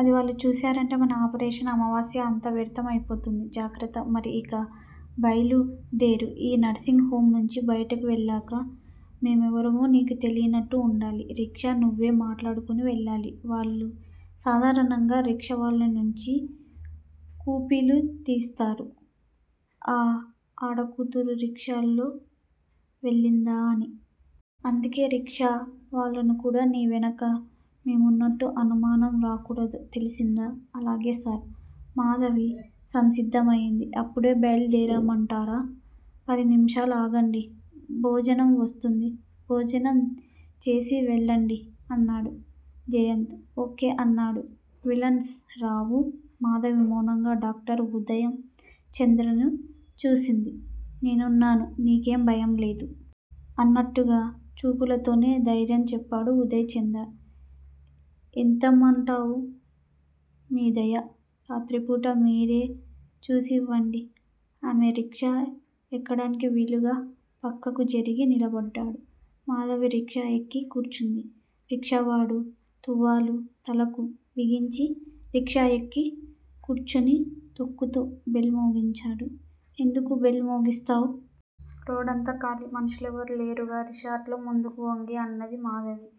అది వాళ్ళు చూశారంటే మన ఆపరేషన్ అమావాస్య అంతా వ్యర్థం అయిపోతుంది. జాగ్రత్త! మరి ఇక బయలుదేరు. ఈ నర్సింగ్ హొమ్ నుంచి బయటకు వెళ్ళాక మేమెవరమో నీకు తెలియనట్టే వుండాలి. రిక్షా నువ్వే మాట్లాడుకొని వెళ్ళాలి. వాళ్ళు సాధారణంగా రిక్షావాళ్ళనుంచి కూపీలు తీస్తారు. 'ఓ ఆడకూతురు రిక్షాలోవెళ్ళిందా' అని. అందుకే రిక్షావాళ్ళకుకూడా నీ వెనుక మేమున్నట్టు అనుమానం రాకూడదు తెలిసిందా? అలాగే సార్! మాధవి సంసిద్ధమైంది. ఇప్పుడే బయలుదేరమంటారా? పదినిముషాలాగండి. భోజనంవస్తుంది. భోజనం చేసివెళ్ళండి అన్నాడు జయంత్. ఓ. కే. అన్నాడు విల్సన్ రావు. మాధవి మౌనంగా డాక్టర్ ఉదయ్ చంద్రను చూసింది. 'నేనున్నాను. నీకేం భయంలేదు. ' అన్నట్టుగా చూపులతోనే ధైర్యం చెప్పాడు ఉదయ్ చంద్ర. ఎంతివ్వమంటావ్? మీదయ. రాత్రిపూట మీరేచూసి ఇవ్వండి. ఆమె రిక్షా ఎక్కడానికి వీలుగా పక్కకు జరిగి నిలబడ్డాడు. మాధవి రిక్షా ఎక్కి కూర్చుంది. రిక్షావాడు తువ్వాలు తలకు బిగించి, రిక్షాఎక్కి కూర్చునితొక్కుతూ బెల్ మోగించాడు. ఎందుకు బెల్ మోగిస్తావ్? రోడ్డంతా ఖాళీ. మనుషులే లేరుగా? రిస్ఖాలో ముందుకు వంగి అన్నది మాధవి.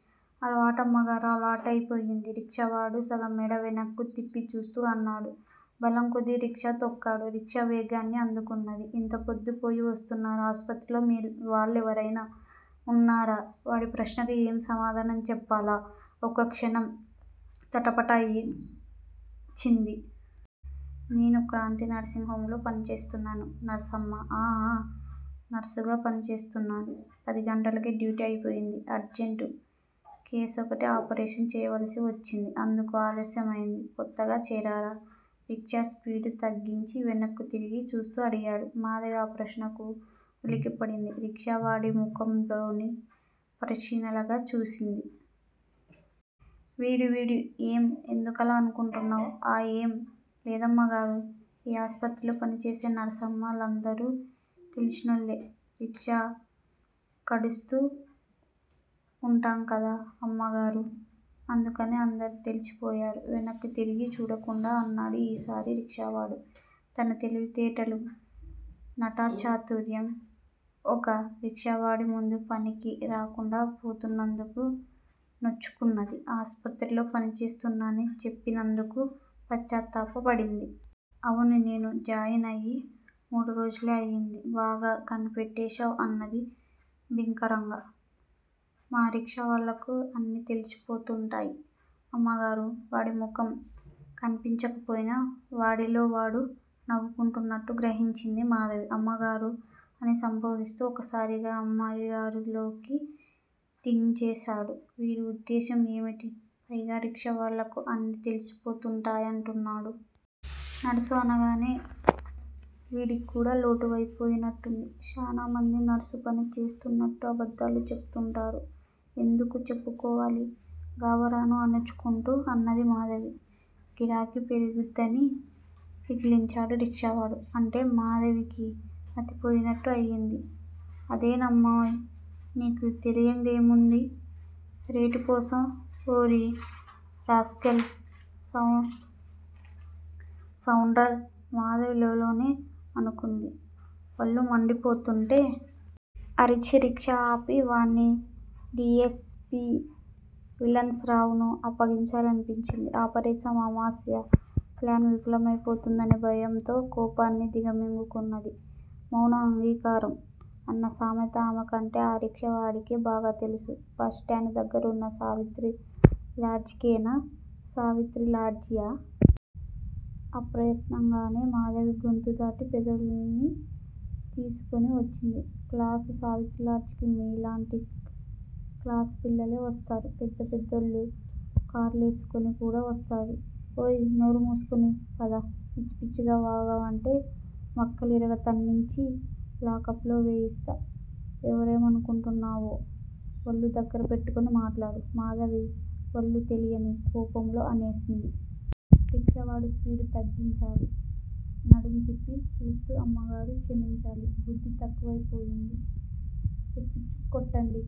అలవాటమ్మగారూ! అలవాటయిపోయింది. రిక్షావాడు సగం మెడ వెనక్కు తిప్పిచూస్తూ అన్నాడు. బలంకొద్దీ రిక్షా తొక్కాడు. రిక్షా వేగాన్ని అందుకున్నది. ఇంత పొద్దుపోయి వస్తున్నారు. ఆస్పత్రిలో మీవాళ్ళెవరైనా ఉన్నారా? వాడి ప్రశ్నకు ఏం సమాధానం చెప్పాలా ఒక్కక్షణం తటపటా యించింది. నేను క్రాంతి నర్సింగ్ హొమ్ లో పనిచేస్తున్నాను. నర్సమ్మా? ఆఁ ఆఁ! నర్సుగా పనిచేస్తున్నాను. పదిగంటలకే డ్యూటీ అయిపోయింది. అర్జంటు కేసోకటి ఆపరేషన్ చెయ్యాల్సివచ్చింది. అందుకు ఆలస్యమైంది. కొత్తగా చేరారా? రిక్షా స్పీడుతగ్గించి వెనక్కు తిరిగి చూస్తూ అడిగాడు. మాధవి ఆ ప్రశ్నకు ఉలిక్కిపడింది. రిక్షావాడి ముఖంలోకి పరిశీలనగా చూసింది. వీడు వీడు ఏం ఎందుకలా అనుకుంటున్నావ్? ఆఁ ఏం లేదమ్మగారూ! ఈ ఆస్పత్రిలో పనిచేసే నర్సమ్మ లందరూ తెలిసినోళ్ళే రిక్షాకడ్తూ వుంటాంగదా అమ్మగారూ! అందుకని అందరూ తెలిసిపోతారు. వెనక్కు తిరిగి చూడకుండా అన్నాడు ఈ సారి రిక్షావాడు. తన తెలివితేటలు, నటనాచాతుర్యం, ఓక రిక్షావాడిముందు పనికి రాకుండా పోతున్నందుకు నొచ్చుకున్నది ఆసుపత్రిలో పనిచేస్తున్నానని చెప్పినందుకు పశ్చాత్తాప పడింది. అవును. నేను జాయిన్ అయి మూడురోజులే అయింది. బాగా కనిపెట్టాశావ్ అన్నది బింకంగా. మా రిక్షావాళ్ళకు అన్నీ తెలిసిపోతుంటాయ్. అమ్మాయిగారూ? వాడి ముఖం కన్పించకపోయినా, వాడిలోవాడు నవ్వుకుంటున్నట్టు గ్రహించింది మాధవి. అమ్మగారూ అని సంబోధిస్తూ ఒక్కసారిగా అమ్మాయిగారూలోకి దించేశాడు. వీడి ఉద్దేశ్యం ఏమిటి? పైగా రిక్షావాళ్ళకు అన్నీ తెలిసిపోతుంటాయంటున్నాడు? నర్సు అనగానే వేడికికూడా లోకువైపోయినట్టుంది. శానామంది నర్సుపని చేస్తున్నానంటూ అబద్దాలు చెపుతుంటారు ఎందుకూ చెప్పుకోవాలీ? గాభరాను అణుచుకుంటూ అన్నది మాధవి. గిరాకీ పెరుగుద్దనీ? ఇకిలించాడు రిక్షావాడు. అంటే? మాధవికి మతిపోయినట్టు అయింది. అదేనమ్మాయ్! నీకు తెలియందేముంది? రేటుకోసం. ఓరి! రాస్కెల్! సౌడ్రల్! మాధవి లోలోనే అనుకుంది వళ్ళుమండిపోతూంటే. అరిచి రిక్షా ఆపి, వాడ్ని డి. యస్. పి. విల్సన్ రావుకు అప్పగించాలనిపించింది. 'ఆపరేషన్ అమావాస్య ' ప్లాన్ విఫలమైపోతుందనే భయంతో కోపాన్ని దిగమింగుకున్నది. మౌనం అంగీకారం? అన్న సామెత ఆమెకంటే ఆ రిక్షావాడికే బాగాతెలుసు. బస్ స్టాండు దగ్గరున్న సావిత్రి లాడ్జికేనా? సావిత్రి లాడ్జీయా? అప్రయత్నంగానే మాధవి గొంతుదాటి పెదవుల్ని తోసుకొని వచ్చింది! క్లాసు, సావిత్రిలాడ్జికి మీలాంటి క్లాసు పిల్లలే వస్తారు. పెద్దపెద్దోళ్ళు కార్లేసుకొని కూడా వస్తారు. ఏయ్ నోరుమూసుకుని పద. పిచ్చి పిచ్చిగా వాగావంటే మక్కెలిరగతన్నించి లాకప్ లో వేయిస్తా! ఎవరనుకొంటున్నావో. వళ్ళు దగ్గర పెట్టుకొని మాట్లాడు. మాధవి వళ్ళు తెలియని కోపంలో అనేసింది. రిక్షావాడు స్పీడు తగ్గించాడు. నడుంతిప్పి చూస్తూ అమ్మగారూ! చమించాలి బుద్ది తక్కువైపోయింది. చెప్పుచ్చుక్కొట్టండి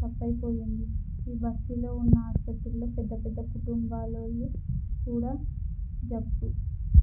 తప్పయిపోయింది. ఈ బస్తీలో వున్న ఆస్పత్రిల్లో పెద్దపెద్ద కుంటుబాలోళ్ళు కూడా జబ్బు